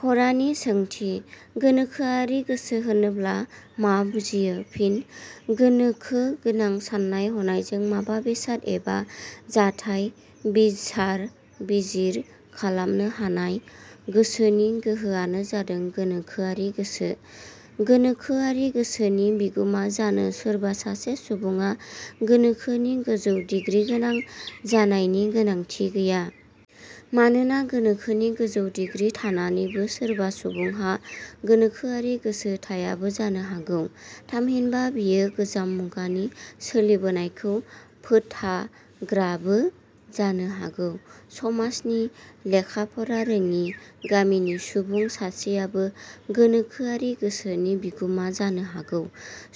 फरानि सोंथि:. गोनोखोआरि गोसो होनोब्ला मा बुजियो? फिन: गोनोखोगोनां साननाय हनायजों माबा बेसाद एबा जाथाइ बिसार-बिजिर खालामनो हानाय गोसोनि गोहोआनो जादों गोनोखोआरि गोसो। गोनोखोआरि गोसोनि बिगुमा जानो सोरबा सासे सुबुङा गोनोखोनि गोजौ डिग्रि गोनां जानायनि गोनांथि गैया। मानोना गोनोखोनि गोजौ डिग्रि थानानैबो सोरबा सुबुंहा गोनोखोआरि गोसो थायाबो जानो हागौ, थामहिनबा बेयो गोजाम मुगानि सोलिबोनायखौ फोथाग्राबो जानो हागौ। समाजनि लेखाफरा रोङि, गामिनि सुबुं सासेयाबो गोनोखोआरि गोसोनि बिगुमा जानो हागौ।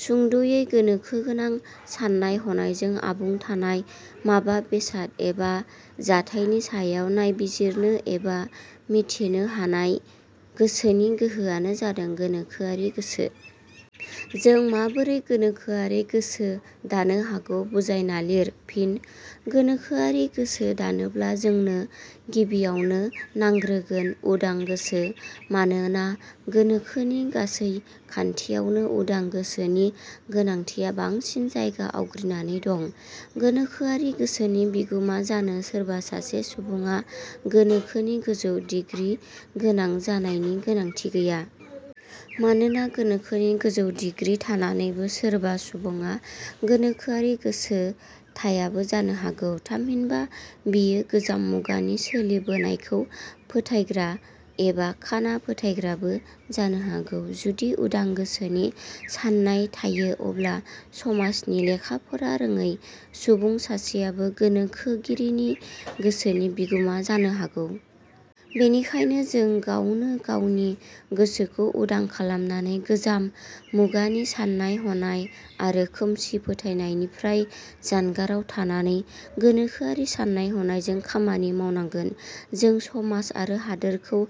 सुंद'यै गोनोखोगोनां साननाय-हनायजों आबुं थानाय, माबा बेसाद एबा जाथायनि सायाव नायबिजिरनो एबा मिथिनो हानाय गोसोनि गोहोआनो जादों गोनोखोआरि गोसो।. जों माबोरै गोनोखोआरि गोसो दानो हागौ बुजायना लिर। फिन: गोनोखोआरि गोसो दानोब्ला जोंनों गिबियावनो नांग्रोगोन उदां गोसो। मानोना गोनोखोनि गासै खान्थियावनो उदां गोसोनि गोनांथिया बांसिन जायगा आवग्रिनानै दङ'। गोनोखोआरि गोसोनि बिगुमा जानो सोरबा सासे सुबुङा गोनोखोनि गोजौ डिग्रिगोनां जानायनि गोनांथि गैया। मानोना गोनोखोनि गोजौ दिग्रि थानानैबो सोरबा सुबुङा गोनोखोआरि गोसो थायाबो जानो हागौ। थामहिनबा बियो गोजाम मुगानि सोलिबोनायखौ फोथायग्रा एबा खाना फोथायग्राबो जानो हागौ। जुदि उदां गोसोनि साननाय थायो अब्ला समाजनि लेखा फरा रोङै सुबुं सासेयाबो गोनोखोगिरिनि गोसोनि बिगुमा जानो हागौ। बिनिखायनो जों गावनो गावनि गोसोखौ उदां खालामनानै गोजाम मुगानि साननाय हनाय आरो खोमसि फोथायनायनिफ्राय जानगाराव थानानै गोनोखोआरि साननाय हनायजों खामानि मावनांगोन। जों समाज आरो हादरखौ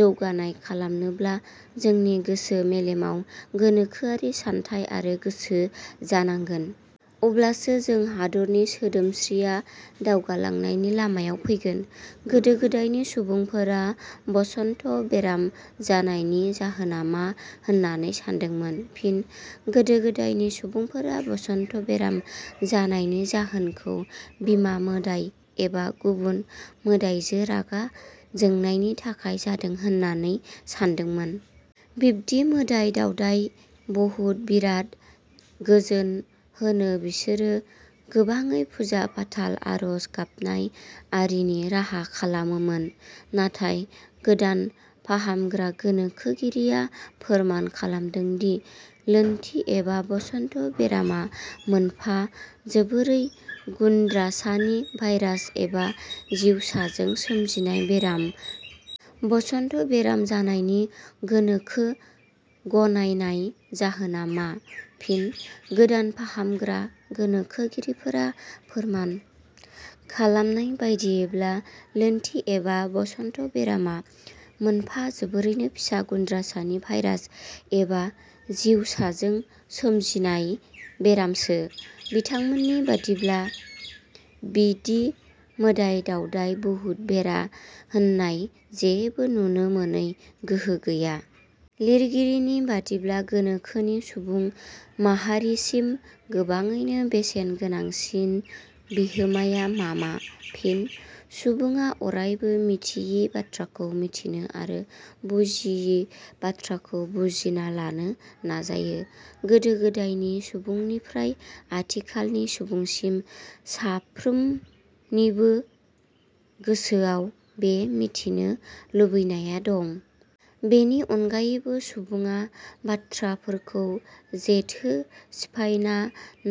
जौगानाय खालामनोब्ला जोंनि गोसो मेलेमाव गोनोखोआरि सानथाइ आरो गोसो जानांगोन। अब्लासो जोंनि हादरनि सोदोमस्रिया दावगालांनायनि लामायाव फैगोन।. गोदो गोदायनि सुबुंफोरा बसन्त बेराम जानायनि जाहोना मा होननानै सान्दोंमोन? फिन: गोदो गोदायनि सुबुंफोरा बसन्त बेराम जानायनि जाहोन खौ बिमा मोदाइ एबा गुबुन मोदाइजो रागा जानायनि थाखाय जादों होनना सानदोंमोन। बिब्दि मोदाइ दावदाइ – बहुत-बिराखौ गोजोन होनो बिसोर गोबाङै फुजा-फाथाल, आरज गाबनाय आरिनि राहा खालामोमोन। नाथाय गोदान फाहामग्रा गोनोखोगिरिया फोरमान खालामदोंदि लोन्थि एबा बसन्त बेरामा मोनफा जोबोरै गुन्द्रासानि भाइरास एबा जिवसाजों सोमजिनाय बेरामसो।. बसन्त बेराम जानायनि गोनोखो गनायनाय जाहोना मा? फिन: गोदान फाहामग्रा गोनोखोगिरिफोरा फोरमान खालामनाय बादियैब्ला लोन्थि एबा बसन्त बेरामा मोनफा जोबोरै फिसा गुन्द्रसानि भाइरास एबा जिवसाजों सोमजिनाय बेरामसो। बिथांमोननि बादियैब्ला बिब्दि मोदाइ दावदाइ, बुहुत-बिरा होननाय जेबो नुनो मोनै गोहो गैया।. लिरगिरिनि बादिब्ला, गोनोखोनि सुबुं माहारिसिम गोबाङैनो बेसेन गोनांसिन बिहोमाया मा मा? फिन: सुबुङा अरायबो मिथियि बाथ्राखौ मिथिनो आरो बुजियि बाथ्राखौ बुजिना लानो नाजायो। गोदो गोदायनि सुबुंनिफ्राइ आथिखालनि सुबुंसिम साफ्रोमनिबोगोसोआव बे मिथिनो लुबैनाया दं। बेनि अनगायैबो सुबुङा बाथ्राफोरखौ जेथो सिफायना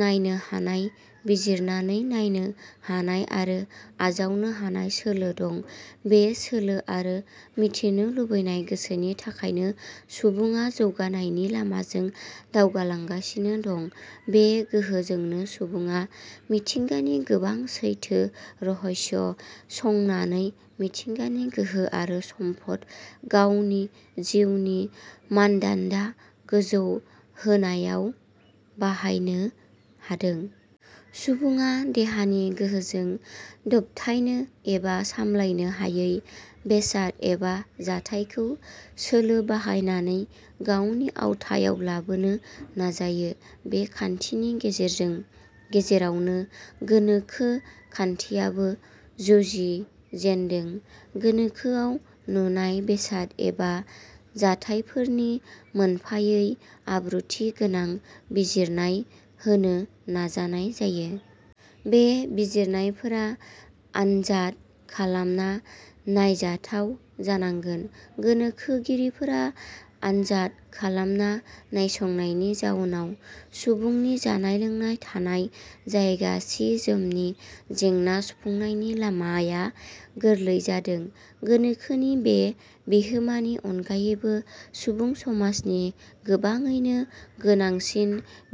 नायनो हानाय, बिजिरनानै नायनो हानाय आरो आजावनो हानाय सोलो दं। बे सोलो आरो मिथिनो लुबैनाय गोसोनि थाखायनो सुबुङा जौगानायनि लामाजों दावगालांगासिनो दं। बे गोहोजोंनो सुबुङा मिथिंगानि गोबां सैथो, रहस्य संनानै मिथिंगानि गोहो आरो सम्पद गावनि जिउनि मानदान्दा जौगा होनायाव बाहायनो हादों। सुबुडा देहानि गोहोजों दबथायनो एबा सामलायनो हायै बेसाद एबा जाथाइखौ सोलो बाहायनानै गावनि आवथायाव लाबोनो नाजायो। बे खान्थिनि गेजेरावनो गोनोखो खान्थियाबो जुजिजेनदों। गोनोखोआव नुनाय बेसाद एवा जाथाइफोरनि मोनफायै आब्रुथि गोनां बिजिरनाय होनो नाजानाय जायो। बे बिजिरनायफोरा आनजाद खालामना नायजाथाव जानांगोन। गोनोखोगिरिफोरा आनजाद खालामना नायसंनायनि जाउनाव सुबुंनि जानाय-लोंनाय, थानाय, जायगा, सि-जोमनि जेंना सुफुंनायनि लामाया गोरलै जादों। गोनोखोनि बे बिहोमानि अनगायैबो सुबुं समाजनि गोबाङैनो गोनांसिन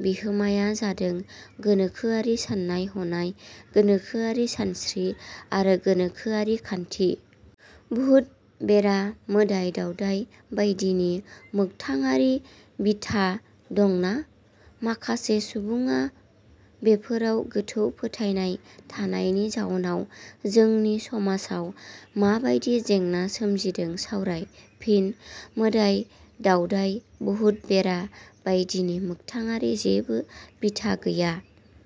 बिहोमाया जादों– गोनोखोआरि साननाय हनाय, गोनोखोआरि सानस्रि, आरो गोनोखोआरि खान्थि।. बुहुत-बिरा, मोदाइ दावदाइ बायदिनि मोखथाङारि बिथा दंना? माखासे सुबुडा बेफोराव गोथौ फोथायनाय थानायनि जाउनाव जोंनि समाजाव माबादि जेंना सोमज़िदों सावराय। फिन: मोदाइ-दावदाय, बुहुत-बिरा बायदिनि मोगथाङारि जेबो बिथा गैया।